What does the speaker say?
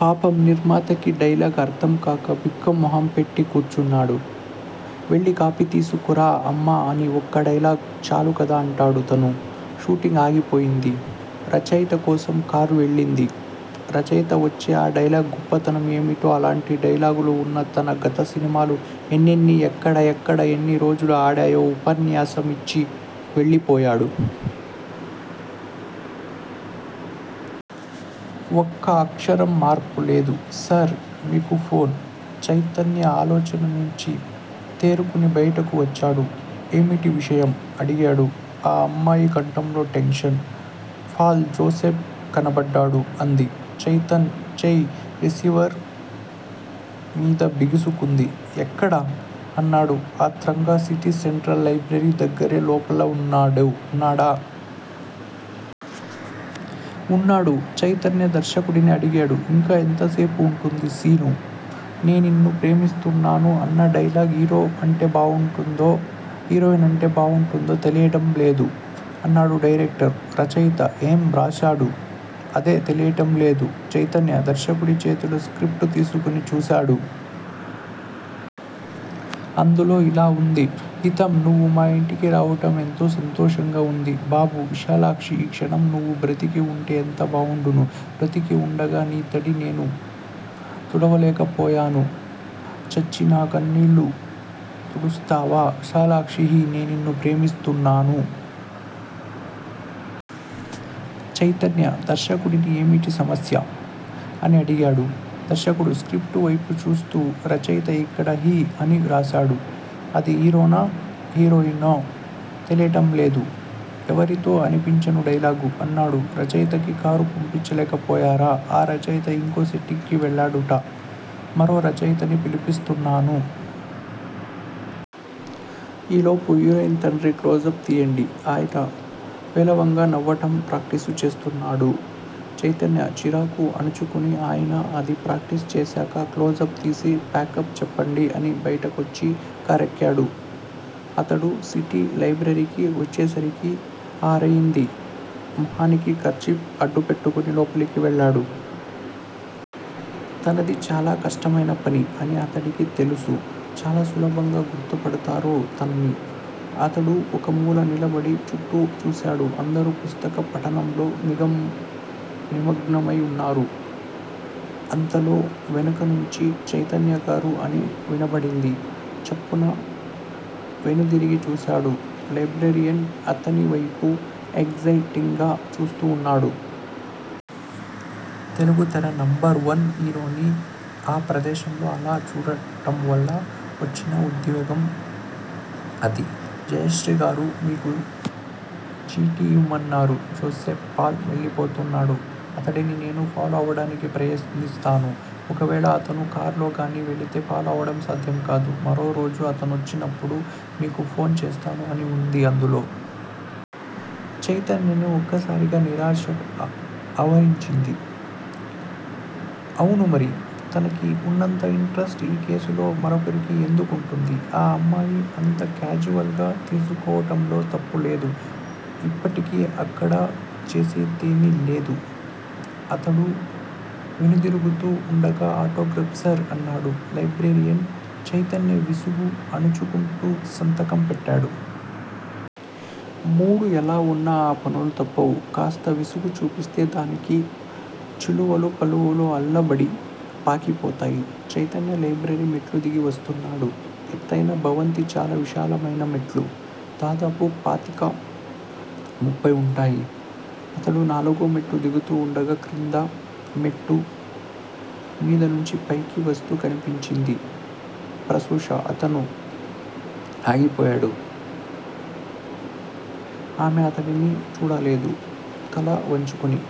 పాపం నిర్మాతకి డైలాగ్ అర్ధంకాక బిక్కమొహం పెట్టి కూర్చున్నాడు. వెళ్ళి కాఫీ తీసుకురా అమ్మా అని ఒక్క డైలాగ్ చాలుకదా అంటాడు తను. షూటింగ్ ఆగిపోయింది. రచయిత కోసం కారు వెళ్ళింది. రచయిత వచ్చి ఆ డైలాగ్ గొప్పతనం ఏమిటో, అలాంటి డైలాగ్ లు వున్న తన గత సినిమాలు ఎన్నెన్ని ఎక్కడ ఎక్కడ ఎన్నిరోజులు ఆడాయో ఉపన్యాసం ఇచ్చి వెళ్ళిపోయాడు. ఒక్క అక్షరం మార్పులేదు. సార్ మీకు ఫోన్. చైతన్య ఆలోచన నుంచి తేరుకుని బయటకు వచ్చాడు. ఏమిటి విషయం? అడిగాడు. ఆ అమ్మాయి కంఠంలో టెన్షన్. పాల్ జోసెఫ్ కనపడ్డాడు అంది. చైతన్య చేయి రిసీవర్ మీద బిగుసుకుంది. ఎక్కడ? అన్నాడు ఆత్రంగా. సిటీ సెంట్రల్ లైబ్రరీ దగ్గరే లోపలే వున్నాడా? ఉన్నాడు. చైతన్య దర్శకుడిని అడిగాడు. ఇంకా ఎంతసేపు వుంటుంది సీను? నేన్నిన్ను ప్రేమిస్తున్నాను అన్న డైలాగ్ హీరో అంటే బావుంటుందో- హీరోయిన్ అంటే బావుంటుందో తెలియటం లేదు అన్నాడు డైరెక్టర్. రచయిత ఏం వ్రాశాడు? అదే తెలియటం లేదు. చైతన్య దర్శకుడి చేతిలో స్క్రిప్టు తీసుకుని చూశాడు. అందులో ఇలా వుంది. హీతం నువ్వు మా ఇంటికి రావటం ఎంతో సంతోషంగా వుంది బాబూ! విశాలాక్షీ! ఈ క్షణం నువ్వు బ్రతికి వుంటే ఎంత బావుండును. బ్రతికి వుండగా నీ తడి నేను తుడవలేకపోయాను. చచ్చి, నా కన్నీళ్ళు తుడుస్తావా విసాలాక్షీ హీ: నేన్నిన్ను ప్రేమిస్తున్నాను. చైతన్య దర్శకుడిని ఏమిటి సమస్య? అని అడిగాడు. దర్శకుడు స్క్రిప్టు వైపు చూస్తూ రచయిత ఇక్కడ 'హీ' అని వ్రాశాడు. అది హీరోనో, హీరోయినో తెలియటంలేదు. ఎవరితో అనిపించను డైలాగు? అన్నాడు. రచయితకి కారు పంపలేకపోయారా? ఆ రచయిత ఇంకో సెట్టింగ్ కి వెళ్ళాడుట. మరో రచయితని పిలిపిస్తున్నాను. ఈలోపు హీరోయిన్ తండ్రి క్లోజప్ తీయండి. ఆయన పేలవంగా నవ్వటం ప్రాక్టీసు చేస్తున్నాడు. చైతన్య చిరాకు అణచుకుని ఆయన అది ప్రాక్టీసు చేశాక 'క్లోజప్' తీసి 'ప్యాకెప్' చెప్పండి అని బయటకొచ్చి కారెక్కాడు. అతడు సిటీ లైబ్రరీకి వచ్చేసరికి ఆరయింది. మొహానికి కర్చీఫ్ అడ్డుపెట్టుకుని లోపలికి వెళ్ళాడు. తనది చాలా కష్టమైన పని అని అతడికి తెలుసు. చాలా సులభంగా గుర్తుపడతారు తనని. అతడు ఒక మూల నిలబడి చుట్టూ చూశాడు. అందరూ పుస్తక పఠనంలో నిమగ్నమై వున్నారు. అంతలో వెనుక నుంచి చైతన్యగారూ! అని వినబడింది. చప్పున వెనుదిరిగి చూశాడు. లైబ్రేరియన్ అతనివైపు ఎగ్జయిటింగ్ గా చూస్తూ వున్నాడు. తెలుగుతెర నెంబర్ వన్ హీరోని ఆ ప్రదేశంలో అలా చూడటంవల్ల వచ్చిన ఉద్వేగం అది. జయశ్రీగారు మీకీ చీటీ యిమ్మన్నారు- జోసెఫ్ పాల్ వెళ్ళిపోతున్నాడు. అతడిని నేను ఫాలో అవటానికి ప్రయత్నిస్తాను. ఒకవేళ అతను కార్లోగాని వెళితే ఫాలో అవటం సాధ్యం కాదు. మరోరోజు అతనొచ్చినప్పుడు మీకు ఫోను చేస్తాను అని వుంది అందులో. చైతన్యని ఒక్కసారిగా నిరాశ ఆవరించింది. అవునుమరి, తనకి వున్నంత ఇంటరెస్ట్ ఈ కేసులో మరొకరికి ఎందుకుంటుంది? ఆ అమ్మాయి అంత క్యాజువల్ గా తీసుకోవటంలో తప్పులేదు. ఇప్పుడిక అక్కడ చేసేదేమీ లేదు. అతడు వెనుదిరుగుతూ వుండగా ఆటోగ్రాఫు సార్! అన్నాడు లైబ్రేరియన్. చైతన్య విసుగు అణచుకుంటూ సంతకం పెట్టాడు. మూడ్ ఎలావున్నా ఈ పనులు తప్పవు. కాస్త విసుగు చూపిస్తే దానికి చిలువలు పలువలు అల్లబడి పాకిపోతాయి. చైతన్య లైబ్రరీ మెట్లుదిగి వస్తున్నాడు. ఎత్తయిన భవంతి, చాలా విశాలమైన మెట్లు- దాదాపు పాతిక ముప్పై వుంటాయి. అతడు నాలుగో మెట్టు దిగుతూ వుండగా- క్రింద మెట్టు మీదనుంచి పైకి వస్తూ కనిపించింది ప్రనూష. అతను ఆగిపోయాడు. ఆమె అతడిని చూడలేదు. తల వంచుకుని